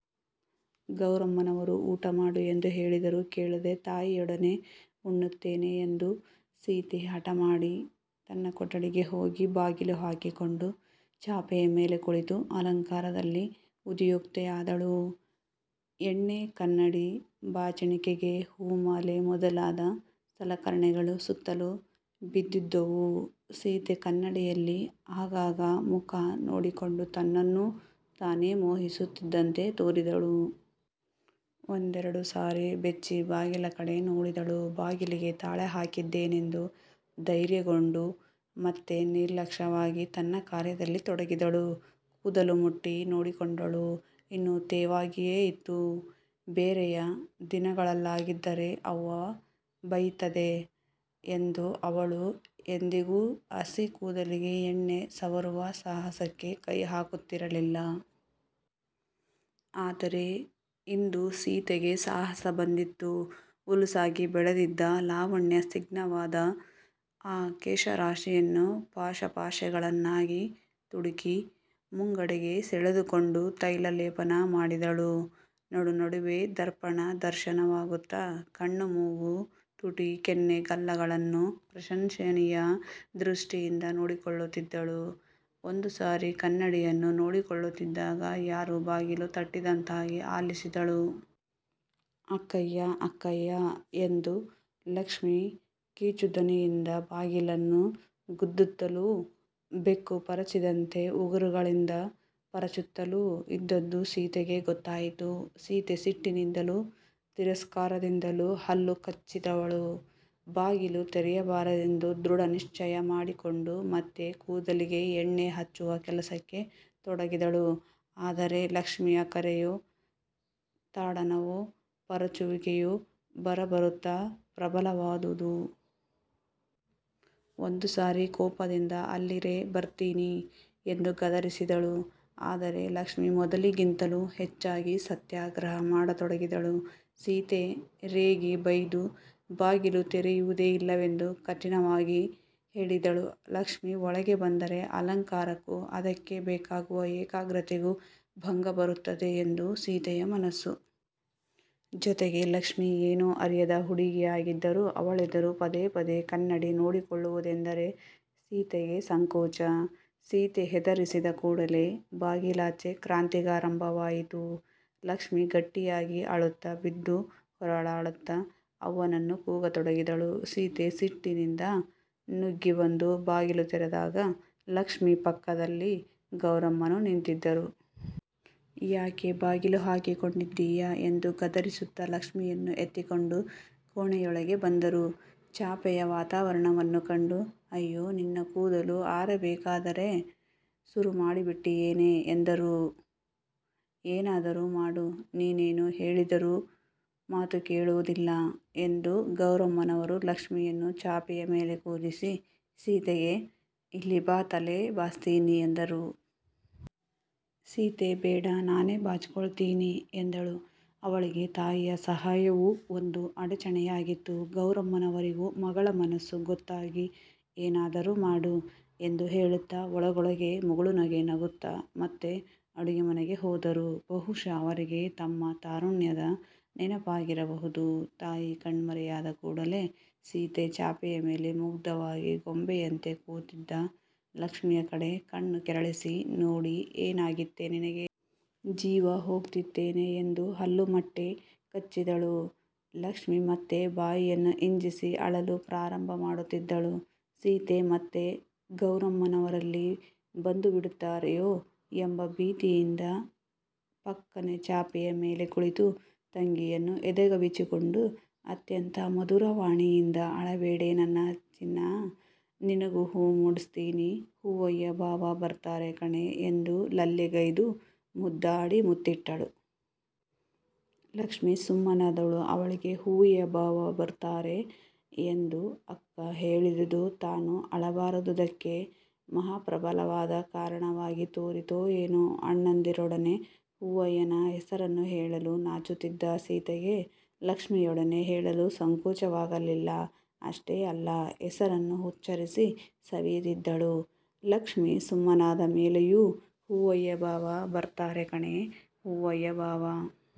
ಗೌರಮ್ಮನವರು ಊಟಮಾಡು ಎಂದು ಹೇಳಿದರೂ ಕೇಳದೆ, ತಾಯಿಯೊಡನೆಯೇ ಉಣ್ಣುತ್ತೇನೆಂದು ಸೀತೆ ಹಟಮಾಡಿ, ತನ್ನ ಕೊಟಡಿಗೆ ಹೋಗಿ ಬಾಗಿಲು ಹಾಕಿಕೊಂಡು ಚಾಪೆಯ ಮೇಲೆ ಕುಳಿತು ಅಲಂಕಾರದಲ್ಲಿ ಉದ್ಯುಕ್ತೆಯಾದಳು. ಎಣ್ಣೆ, ಕನ್ನಡಿ, ಬಾಚಣಿಗೆ, ಹೂಮಾಲೆ ಮೊದಲಾದ ಸಲಕರಣೆಗಳು ಸುತ್ತಲೂ ಬಿದ್ದಿದ್ದುವು. ಸೀತೆ ಕನ್ನಡಿಯಲ್ಲಿ ಆಗಾಗ ಮುಖ ನೋಡಿಕೊಂಡು ತನ್ನನ್ನು ತಾನೆ ಮೋಹಿಸುತ್ತಿದ್ದಂತೆ ತೋರಿದಳು. ಒಂದೆರಡು ಸಾರಿ ಬೆಚ್ಚಿ ಬಾಗಿಲ ಕಡೆ ನೋಡಿದಳು. ಬಾಗಿಲಿಗೆ ತಾಳ ಹಾಕಿದ್ದೇನೆಂದು ಧೈರ್ಯಗೊಂಡು ಮತ್ತೆ ನಿರ್ಲಕ್ಷವಾಗಿ ತನ್ನ ಕಾರ್ಯದಲ್ಲಿ ತೊಡಗಿದಳು. ಕೂದಲು ಮುಟ್ಟಿ ನೋಡಿಕೊಂಡಳು. ಇನ್ನೂ ತೇವವಾಗಿಯೆ ಇತ್ತು. ಬೇರೆಯ ದಿನಗಳಲ್ಲಾಗಿದ್ದರೆ" ಅವ್ವ ಬಯ್ತದೆ" ಎಂದು ಅವಳು ಎಂದಿಗೂ ಹಸಿ ಕೂದಲಿಗೆ ಎಣ್ಣೆ ಸವರುವ ಸಾಹಸಕ್ಕೆ ಕೈಹಾಕುತ್ತಿರಲಿಲ್ಲ. ಆದರೆ ಇಂದು ಸೀತೆಗೆ ಸಾಹಸ ಬಂದಿತ್ತು. ಹುಲುಸಾಗಿ ಬೆಳೆದಿದ್ದ ಲಾವಣ್ಯಸ್ನಿಗ್ದವಾದ ಆ ಕೇಶರಾಶಿಯನ್ನು ಪಾಶಪಾಶಗಳನ್ನಾಗಿ ತುಡುಕಿ, ಮುಂಗಡೆಗೆ ಸೆಳೆದುಕೊಂಡು, ತೈಲ ಲೇಪನ ಮಾಡಿದಳು. ನಡುನಡುವೆ ದರ್ಪಣ ದರ್ಶನಮಾಡುತ್ತ, ಕಣ್ಣು ಮೂಗು ತುಟಿ ಕೆನ್ನೆ ಗಲ್ಲಗಳನ್ನೂ ಪ್ರಶಂಸನೀಯ ದೃಷ್ಟಿಯಿಂದ ನೋಡಿಕೊಳ್ಳುತ್ತಿದ್ದಳು. ಒಂದು ಸಾರಿ ಕನ್ನಡಿಯನ್ನು ನೋಡಿಕೊಳ್ಳುತ್ತಿದ್ದಾಗ ಯಾರೂ ಬಾಗಿಲು ತಟ್ಟಿದಂತಾಗಿ ಆಲಿಸಿದಳು. "ಅಕ್ಕಯ್ಯಾ ಅಕ್ಕಯ್ಯಾ " ಎಂದು ಲಕ್ಷ್ಮಿ ಕೀಚುದನಿಯಿಂದ ಬಾಗಿಲನ್ನು ಗುದ್ದುತ್ತಲೂ ಬೆಕ್ಕು ಪರಚಿದಂತೆ ಉಗುರುಗಳಿಂದ ಪರಚುತ್ತಲೂ ಇದ್ದುದು ಸೀತೆಗೆ ಗೊತ್ತಾಯಿತು. ಸೀತೆ ಸಿಟ್ಟಿನಿಂದಲೂ ತಿರಸ್ಕಾರದಿಂದಲೂ ಹಲ್ಲು ಕಚ್ಚಿದವಳು ಬಾಗಿಲು ತೆರೆಯಬಾರದೆಂದು ದೃಢನಿಶ್ಚಯ ಮಾಡಿಕೊಂಡು ಮತ್ತೆ ಕೂದಲಿಗೆ ಎಣ್ಣೆ ಹಚ್ಚುವ ಕೆಲಸಕ್ಕೆ ತೊಡಗಿದಳು. ಆದರೆ ಲಕ್ಷ್ಮಿಯ ಕರೆಯೂ ತಾಡನವೂ ಪರಚುವಿಕೆಯೂ ಬರಬರುತ್ತ ಪ್ರಬಲವಾದುವು. ಒಂದು ಸಾರಿ ಕೋಪದಿಂದ " ಅಲ್ಲಿರೇ ಬರ್ತೀನಿ! " ಎಂದು ಗದರಿಸಿದಳು. ಆದರೆ ಲಕ್ಷ್ಮಿ ಮೊದಲಿಗಿಂತಲೂ ಹೆಚ್ಚಾಗಿ "ಸತ್ಯಾಗ್ರಹ" ಮಾಡತೊಡಗಿದಳು. ಸೀತೆ ರೇಗಿ, ಬೈದು, ಬಾಗಿಲು ತೆರೆಯುವುದೇ ಇಲ್ಲವೆಂದು ಕಠಿನವಾಗಿ ಹೇಳಿದಳು. ಲಕ್ಷ್ಮಿ ಒಳಗೆ ಬಂದರೆ ಅಲಂಕಾರಕ್ಕೂ ಅದಕ್ಕೆ ಬೇಕಾಗುವ ಏಕಾಗ್ರತೆಗೂ ಭಂಗಬರುತ್ತದೆ ಎಂದು ಸೀತೆಯ ಮನಸ್ಸು. ಜೊತೆಗೆ ಲಕ್ಷ್ಮಿ ಏನೂ ಅರಿಯದ ಹುಡುಗಿಯಾಗಿದ್ದರೂ ಅವಳೆದುರು ಪದೇಪದೇ ಕನ್ನಡಿ ನೋಡಿಕೊಳ್ಳುವುದೆಂದರೆ ಸೀತೆಗೆ ಸಂಕೋಚ. ಸೀತೆ ಹೆದರಿಸಿದ ಕೂಡಲೆ ಬಾಗಿಲಾಚೆ ಕ್ರಾಂತಿಗಾರಂಭವಾಯಿತು. ಲಕ್ಷ್ಮಿ ಗಟ್ಟಿಯಾಗಿ ಅಳುತ್ತ ಬಿದ್ದು ಹೊರಳುತ್ತ ಅವ್ವನನ್ನು ಕೂಗತೊಡಗಿದಳು. ಸೀತೆ ಸಿಟ್ಟಿನಿಂದ ನುಗ್ಗಿ ಬಂದು ಬಾಗಿಲು ತೆರೆದಾಗ ಲಕ್ಷ್ಮಿ ಪಕ್ಕದಲ್ಲಿ ಗೌರಮ್ಮನೂ ನಿಂತಿದ್ದರು. ಯಾಕೆ ಬಾಗಿಲು ಹಾಕ್ಕೊಂಡಿದ್ದೀಯಾ? ಎಂದು ಗದರಿಸುತ್ತ ಲಕ್ಷ್ಮಿಯನ್ನು ಎತ್ತಿಕೊಂಡು ಕೋಣೆಯೊಳಗೆ ಬಂದರು. ಚಾಪೆಯ ವಾತಾವರಣವನ್ನು ಕಂಡು" ಅಯ್ಯೋ ನಿನ್ನ ಕೂದಲು ಆರಬೇಕಾದರೆ ಸುರುಮಾಡಿಬಿಟ್ಟಿಯೇನೇ" ಎಂದರು. "ಏನಾದರೂ ಮಾಡು ನೀನೇನು ಹೇಳಿದೋರು ಮಾತು ಕೇಳೋದಿಲ್ಲ"ಎಂದು ಗೌರಮ್ಮನವರು ಲಕ್ಷ್ಮಿಯನ್ನು ಚಾಪೆಯ ಮೇಲೆ ಕೂರಿಸಿ ಸೀತೆಗೆ" ಇಲ್ಲಿ ಬಾ ತಲೆ ಬಾಚ್ತೀನಿ" ಎಂದರು. ಸೀತೆ ಬೇಡ, ನಾನೇ ಬಾಚಿಕೊಳ್ತೀನಿ ಎಂದಳು. ಅವಳಿಗೆ ತಾಯಿಯ ಸಹಾಯವೂ ಒಂದು ಅಡಚಣೆಯಾಗಿತ್ತು. ಗೌರಮ್ಮನವರಿಗೂ ಮಗಳ ಮನಸ್ಸು ಗೊತ್ತಾಗಿ ಏನಾದರೂ ಮಾಡು ಎಂದು ಹೇಳುತ್ತ ಒಳಗೊಳಗೆ ಮುಗುಳು ನಗುತ್ತ, ಮತ್ತೆ ಅಡುಗೆಮನೆಗೆ ಹೋದರು. ಬಹುಶಃ ಅವರಿಗೆ ತಮ್ಮ ತಾರುಣ್ಯದ ನೆನಪಾಗಿರಬಹುದು. ತಾಯಿ ಕಣ್ಮರೆಯಾದ ಕೂಡಲೆ ಸೀತೆ, ಚಾಪೆಯ ಮೇಲೆ ಮುಗ್ಧವಾಗಿ ಗೊಂಬೆಯಂತೆ ಕೂತಿದ್ದ ಲಕ್ಷ್ಮಿಯ ಕಡೆ ಕಣ್ಣು ಕೆರಳಿಸಿ ನೋಡಿ ಏನಾಗಿತ್ತೇ ನಿನಗೆ? ಜೀವಹೋಗ್ತಿತ್ತೇನೆ ಎಂದು ಹಲ್ಲು ಮಟ್ಟೆ ಕಚ್ಚಿದಳು. ಲಕ್ಷ್ಮಿ ಮತ್ತೆ ಬಾಯನ್ನು ಹಿಂಜಸಿ ಅಳಲು ಪ್ರಾರಂಭಮಾಡುತ್ತಿದ್ದಳು. ಸೀತೆ ಮತ್ತೆ ಗೌರಮ್ಮವನರಲ್ಲಿ ಬಂದುಬಿಡುತ್ತಾರೆಯೊ ಎಂಬ ಭೀತಿಯಿಂದ, ಪಕ್ಕನೆ ಚಾಪೆಯ ಮೇಲೆ ಕುಳಿತು ತಂಗಿಯನ್ನು ಎದೆಗವುಚಿಕೊಂಡು, ಅತ್ಯಂತ ಮಧುರವಾಣಿಯಿಂದ " ಅಳಬೇಡೇ ನನ್ನ ಚಿನ್ನಾ ನಿನಗೂ ಹೂ ಮುಡಿಸ್ತೀನಿ ಹೂವಯ್ಯ ಬಾವ ಬರ್ತಾರೆ ಕಣೇ " ಎಂದು ಲಲ್ಲೆಗೈದು ಮುದ್ದಾಡಿ ಮುತ್ತಿಟ್ಟಳು. ಲಕ್ಷ್ಮಿ ಸುಮ್ಮನಾದಳು. ಅವಳಿಗೆ "ಹೂವಯ್ಯ ಬಾವ ಬರುತ್ತಾರೆ" ಎಂದು ಅಕ್ಕ ಹೇಳಿದುದು ತಾನು ಅಳಬಾರದುದಕ್ಕೆ ಮಹಾಪ್ರಬಲವಾದ ಕಾರಣವಾಗಿ ತೋರಿತೋ ಏನೋ ಅಣ್ಣಂದಿರೊಡನೆ ಹೂವಯ್ಯನ ಹೆಸರನ್ನು ಹೇಳಲು ನಾಚುತ್ತಿದ್ದ ಸೀತೆಗೆ ಲಕ್ಷ್ಮಿಯೊಡನೆ ಹೇಳಲು ಸಂಕೋಚವಾಗಲಿಲ್ಲ. ಅಷ್ಟೇ ಅಲ್ಲ. ಹೆಸರನ್ನು ಉಚ್ಚರಿಸಿ ಸವಿಯುತ್ತಿದ್ದಳು. ಲಕ್ಷ್ಮಿ ಸುಮ್ಮನಾದ ಮೇಲೆಯೂ "ಹೂವಯ್ಯಬಾವ ಬರ್ತಾರೆ ಕಣೇ ಹೂವಯ್ಯ ಬಾವ,